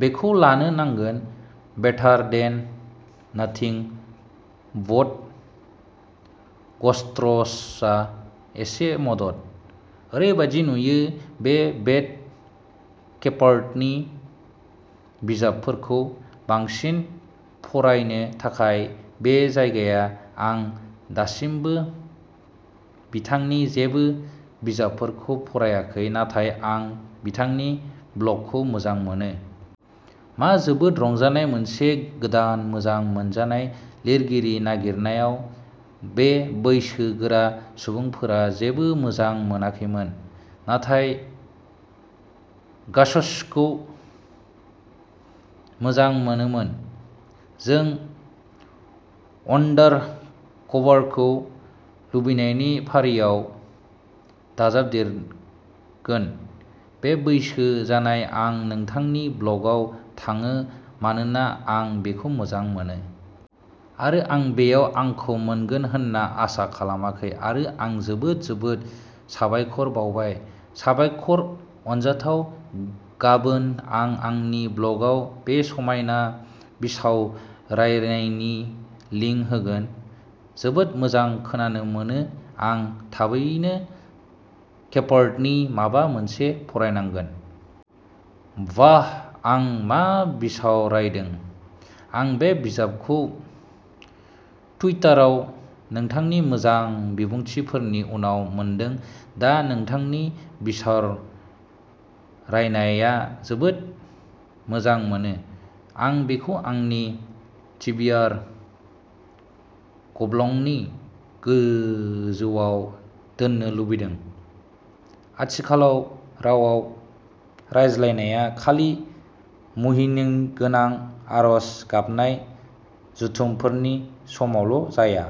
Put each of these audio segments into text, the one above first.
बेखौ लानो नांगोन। बेटार देन नाथिं ब'ट ग'स्ट्सआ एसे मदद। ओरैबायदि नुयो बे बेथ केफार्टनि बिजाबफोरखौ बांसिन फरायनो थाखाय बे जायगाया। आं दासिमबो बिथांनि जेबो बिजाबफोरखौ फरायाखै। नाथाय आं बिथांनि ब्लगखौ मोजां मोनो। मा जोबोद रंजानाय मोनसे गोदान मोजां मोनजानाय लिरगिरि नागिरनायाव। बे बैसोगोरा सुबुंफोरा जेबो मोजां मोनाखैमोन। नाथाय गास्सखौ मोजां मोनोमोन। जों अनडारकभारखौ लुबैनायनि फारियाव दाजाबदेरगोन। बे बैसो जानाय आं नोंथांनि ब्लगआव थाङो मानोना आं बेखौ मोजां मोनो। आरो आं बेयाव आंखौ मोनगोन होनना आसा खालामाखै। आरो आं जोबोद जोबोद साबायखर बावबाय। साबायखर अनजाथाव। गाबोन आं आंनि ब्लगआव बे समायना बिसावरायनायनि लिंक होगोन। जोबोद मोजां खोनानो मोनो। आं थाबैनो केफार्टनि माबा मोनसे फरायनांगोन। बाह आं मा बिसावरायदों। आं बे बिजाबखौ टुइटाराव नोंथांनि मोजां बिबुंथिफोरनि उनाव मोनदों। दा नोंथांनि बिसावरायनाया जोबोद मोजां मोनो। आं बेखौ आंनि टिबिआर गब्लंनि गोजौआव दोननो लुबैदों। आथिखालाव रावाव रायज्लायनाया खालि मुहिनिगोनां आरज गाबनाय जथुमफोरनि समावल' जाया।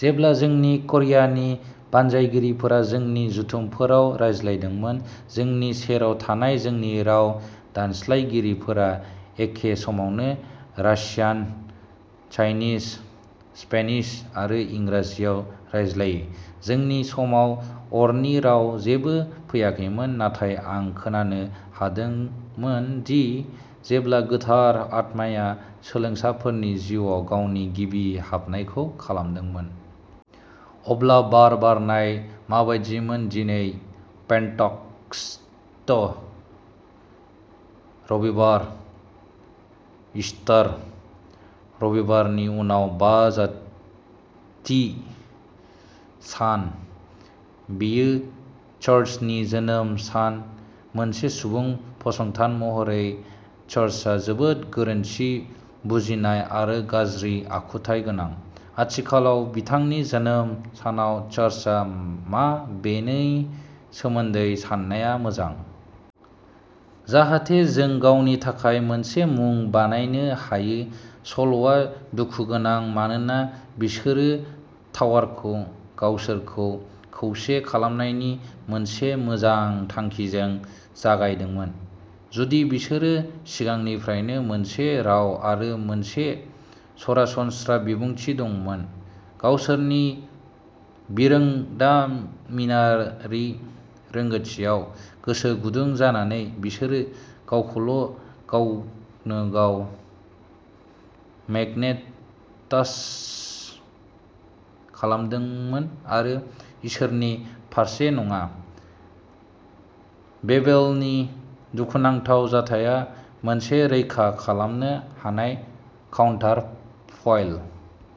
जेब्ला जोंनि क'रियानि बानजायगिरिफोरा जोंनि जथुमफोराव रायज्लायदोंमोन। जोंनि सेराव थानाय जोंनि राव दानस्लायगिरिफोरा एखे समावनो रासियान, चाइनिज, स्पेनिश आरो इंराजियाव रायज्लायो। जोंनि सायाव अरनि राव जेबो फैयाखैमोन। नाथाय आं खोनानो हादोंमोन दि जेब्ला गोथार आत्माया सोलोंसाफोरनि जिउआव गावनि गिबि हाबनायखौ खालामदोंमोन। अब्ला बार बारनाया माबायदिमोन। दिनै पेन्टेकस्ट रबिबार, ईस्टर रबिबारनि उनाव बाजिथि सान। बेयो चार्चनि जोनोम सान। मोनसे सुबुं फसंथान महरै चार्चआ जोबोद गोरोन्थि बुजिनाय आरो गाज्रि आखुथाय गोनां। आथिखालाव। बिथांनि जोनोम सानाव चार्चआ मा बेनि सोमोन्दै साननाया मोजां। जाहाथे जों गावनि थाखाय मोनसे मुं बानायनो हायो। सल'आ दुखुगोनां मानोना बिसोरो टावारखौ गावसोरखौ खौसे खालामनायनि मोनसे मोजां थांखिजों जागायदोंमोन। जुदि बिसोरहा सिगांनिफ्रायनो मोनसे राव आरो मोनसे सरासनस्रा बिबुंथि दंमोन। गावसोरनि बिरोंदामिनारि रोंग'थियाव गोसो गुदुं जानानै बिसोरो गावखौल' गावनोगाव मेगनेटाइज खालामदोंमोन आरो इसोरनि फारसे नङा। बेबेलनि दुखुनांथाव जाथाया मोनसे रैखा खालामनो हानाय काउन्टार फयल।